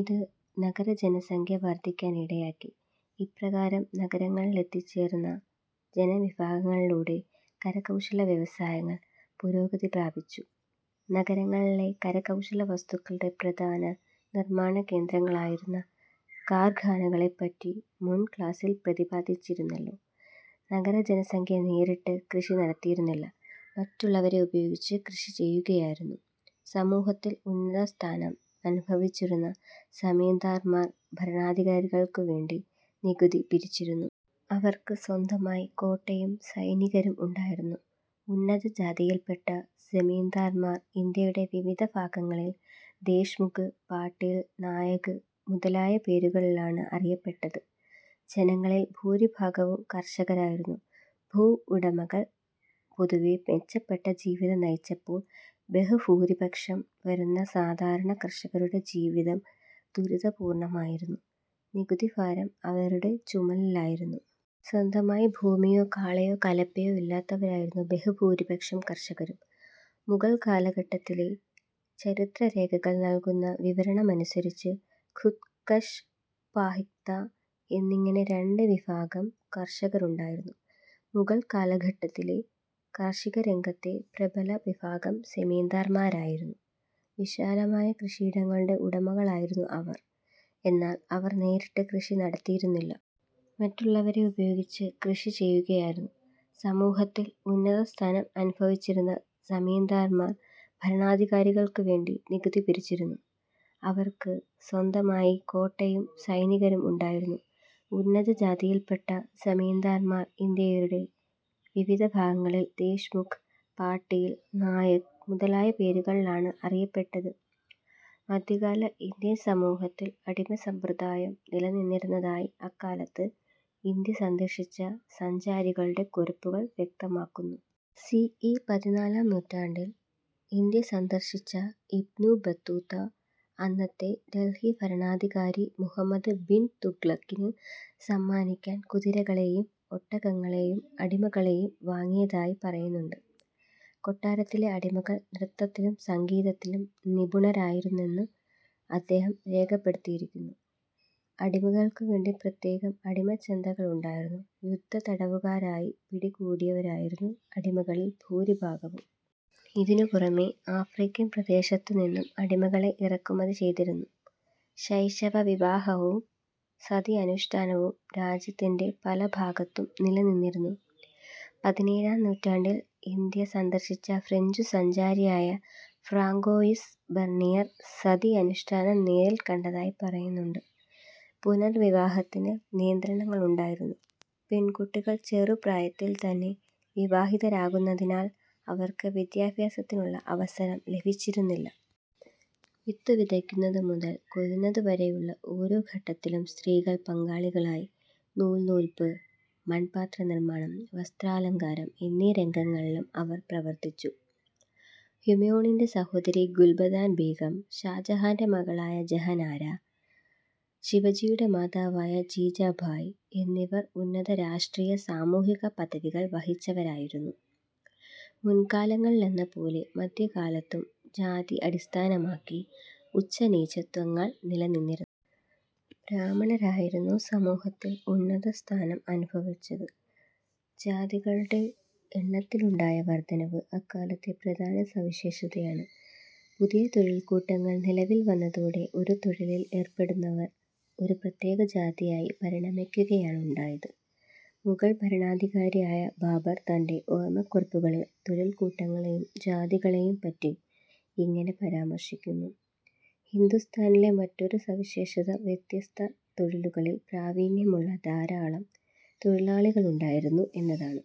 ഇത് നഗരജനസംഖ്യ വർധിക്കാൻ ഇടയാക്കി. ഇപ്രകാരം നഗരങ്ങളിലെത്തിച്ചേർന്ന ജനവിഭാഗങ്ങളിലൂടെ കരകൗശല വ്യവസായങ്ങൾ പുരോഗതി പ്രാപിച്ചു. നഗരങ്ങളിലെ കരകൗശലവസ്തുക്കളുടെ പ്രധാന നിർമാണകേന്ദ്രങ്ങളായിരുന്ന കാർഖാനകളെപ്പറ്റി മുൻ ക്ലാസിൽ പ്രതിപാദിച്ചിരുന്നല്ലോ. നഗരജനസംഖ്യ നേരിട്ട് കൃഷി നടത്തിയിരുന്നില്ല. മറ്റുള്ളവരെ ഉപയോഗിച്ച് കൃഷി ചെയ്യുകയായിരുന്നു. സമൂഹത്തിൽ ഉന്നത സ്ഥാനം അനുഭവിച്ചിരുന്ന സമീന്ദാർമാർ ഭരണാധികാരികൾക്കു വേണ്ടി നികുതി പിരിച്ചിരുന്നു. അവർക്ക് സ്വന്തമായി കോട്ടയും സൈനികരും ഉണ്ടായിരുന്നു. ഉന്നതജാതിയിൽപ്പെട്ട സെമീന്ദാർമാർ ഇന്ത്യയുടെ വിവിധ ഭാഗങ്ങളിൽ ദേശ്മുഖ്, പാട്ടീൽ, നായക് മുതലായ പേരുകളിലാണ് അറിയപ്പെട്ടത്. ജനങ്ങളിൽ ഭൂരിഭാഗവും കർഷകരായിരുന്നു. ഭൂവുടമകൾ പൊതുവെ മെച്ചപ്പെട്ട ജീവിതം നയിച്ചപ്പോൾ ബഹുഭൂരിപക്ഷം വരുന്ന സാധാരണ കർഷകരുടെ ജീവിതം ദുരിതപൂർണമായിരുന്നു. നികുതിഭാരം അവരുടെ ചുമലിലായിരുന്നു. സ്വന്തമായി ഭൂമിയോ കാളയോ കലപ്പയോ ഇല്ലാത്തവരായിരുന്നു ബഹു ഭൂരിപക്ഷം കർഷകരും. മുഗൾ കാലഘട്ടത്തിലെ ചരിത്രരേഖകൾ നൽകുന്ന വിവരണമനുസരിച്ച് ഖുദ് കഷ്, പാഹിക്ത എന്നിങ്ങനെ രണ്ടു വിഭാഗം കർഷകരുണ്ടായിരുന്നു. മുഗൾ കാലഘട്ടത്തിലെ കാർഷികരംഗത്തെ പ്രബല വിഭാഗം സെമീന്ദർമാരായിരുന്നു. വിശാലമായ കൃഷിയിടങ്ങളുടെ ഉടമകളായിരുന്നു അവർ. എന്നാൽ അവർ നേരിട്ട് കൃഷി നടത്തിയിരുന്നില്ല. മറ്റുള്ളവരെ ഉപയോഗിച്ച് കൃഷി ചെയ്യുകയായിരുന്നു. സമൂഹത്തിൽ ഉന്നത സ്ഥാനം അനുഭവിച്ചിരുന്ന സമീന്ദാർമാർ ഭരണാധികാരികൾക്കു വേണ്ടി നികുതി പിരിച്ചിരുന്നു. അവർക്ക് സ്വന്തമായി കോട്ടയും സൈനികരും ഉണ്ടായിരുന്നു. ഉന്നതജാതിയിൽപ്പെട്ട സെമീന്ദാർമാർ ഇന്ത്യയുടെ വിവിധ ഭാഗങ്ങളിൽ ദേശ്മുഖ്, പാട്ടീൽ, നായക് മുതലായ പേരുകളിലാണ് അറിയപ്പെട്ടത്. മധ്യകാല ഇന്ത്യൻ സമൂഹത്തിൽ അടിമ സമ്പ്രദായം നിലനിന്നിരുന്നതായി അക്കാലത്ത് ഇന്ത്യ സന്ദർശിച്ച സഞ്ചാരികളുടെ കുറിപ്പുകൾ വ്യക്തമാക്കുന്നു. സി. ഇ. പതിനാലാം നൂറ്റാണ്ടിൽ ഇന്ത്യ സന്ദർശിച്ച ഇബ്നു ബത്തൂത്ത അന്നത്തെ ഡൽഹി ഭരണാധികാരി മുഹമ്മദ് ബിൻ തുഗ്ലക്കിന് സമ്മാനിക്കാൻ കുതിരകളെയും ഒട്ടകങ്ങളെയും അടിമകളെയും വാങ്ങിയതായി പറയുന്നുണ്ട്. കൊട്ടാരത്തിലെ അടിമകൾ നൃത്തത്തിലും സംഗീതത്തിലും നിപുണരായിരുന്നുവെന്നും അദ്ദേഹം രേഖപ്പെടുത്തിയിരിക്കുന്നു. അടിമകൾക്കുവേണ്ടി പ്രത്യേകം അടിമച്ചന്തകളുണ്ടായിരുന്നു. യുദ്ധത്തടവുകാരായി പിടികൂടിയവരായിരുന്നു അടിമകളിൽ ഭൂരിഭാഗവും. ഇതിനു പുറമെ ആഫ്രിക്കൻ പ്രദേശത്തുനിന്നും അടിമകളെ ഇറക്കുമതി ചെയ്തിരുന്നു. ശൈശവവിവാഹവും സതി അനുഷ്ഠാനവും രാജ്യത്തിന്റെ പല ഭാഗത്തും നിലനിന്നിരുന്നു. പതിനേഴാം നൂറ്റാണ്ടിൽ ഇന്ത്യ സന്ദർശിച്ച ഫ്രഞ്ചു സഞ്ചാരിയായ ഫ്രാങ്കോയിസ് ബർണിയർ സതി അനുഷ്ഠാനം നേരിൽ കണ്ടതായി പറയുന്നുണ്ട്. പുനർവിവാഹത്തിന് നിയന്ത്രണങ്ങളുണ്ടായിരുന്നു. പെൺകുട്ടികൾ ചെറുപ്രായത്തിൽത്തന്നെ വിവാഹിതരാകുന്നതിനാൽ അവർക്ക് വിദ്യാഭ്യാസത്തിനുള്ള അവസരം ലഭിച്ചിരുന്നില്ല. വിത്തു വിതയ്ക്കുന്നതു മുതൽ കൊയ്യുന്നതുവരെയുള്ള ഓരോ ഘട്ടത്തിലും സ്ത്രീകൾ പങ്കാളികളായി. നൂൽ നൂൽപ്പ്, മൺപാത്രനിർമാണം, വസ്ത്രാലങ്കാരം എന്നീ രംഗങ്ങളിലും അവർ പ്രവർത്തിച്ചു. ഹുമയൂണിന്റെ സഹോദരി ഗുൽബദാൻ ബീഗം, ഷാജഹാന്റെ മകളായ ജഹനാര, ശിവജിയുടെ മാതാവായ ജീജാഭായ് എന്നിവർ ഉന്നത രാഷ്ട്രീയ-സാമൂഹിക പദവികൾ വഹിച്ചവരായിരുന്നു. മുൻകാലങ്ങളിലെന്നപോലെ മധ്യകാലത്തും ജാതി അടിസ്ഥാനമാക്കി ഉച്ചനീചത്വങ്ങൾ നിലനിന്നിരുന്നു. ബ്രാഹ്മണരായിരുന്നു സമൂഹത്തിൽ ഉന്നതസ്ഥാനം അനുഭവിച്ചത്. ജാതികളുടെ എണ്ണത്തിലുണ്ടായ വർധനവ് അക്കാലത്തെ പ്രധാന സവിശേഷതയാണ്. പുതിയ തൊഴിൽക്കൂട്ടങ്ങൾ നിലവിൽ വന്നതോടെ ഒരു തൊഴിലിൽ ഏർപ്പെടുന്നവർ ഒരു പ്രത്യേക ജാതിയായി പരിണമിക്കുകയാണുണ്ടായത്. മുഗൾ ഭരണാധികാരിയായ ബാബർ തന്റെ ഓർമക്കുറിപ്പുകളിൽ തൊഴിൽക്കൂട്ടങ്ങളെയും ജാതികളെയും പറ്റി ഇങ്ങനെ പരാമർശിക്കുന്നു. ഹിന്ദുസ്ഥാനിലെ മറ്റൊരു സവിശേഷത വ്യത്യസ്ത തൊഴിലുകളിൽ പ്രാവീണ്യമുള്ള ധാരാളം തൊഴിലാളികളുണ്ടായിരുന്നു എന്നതാണ്.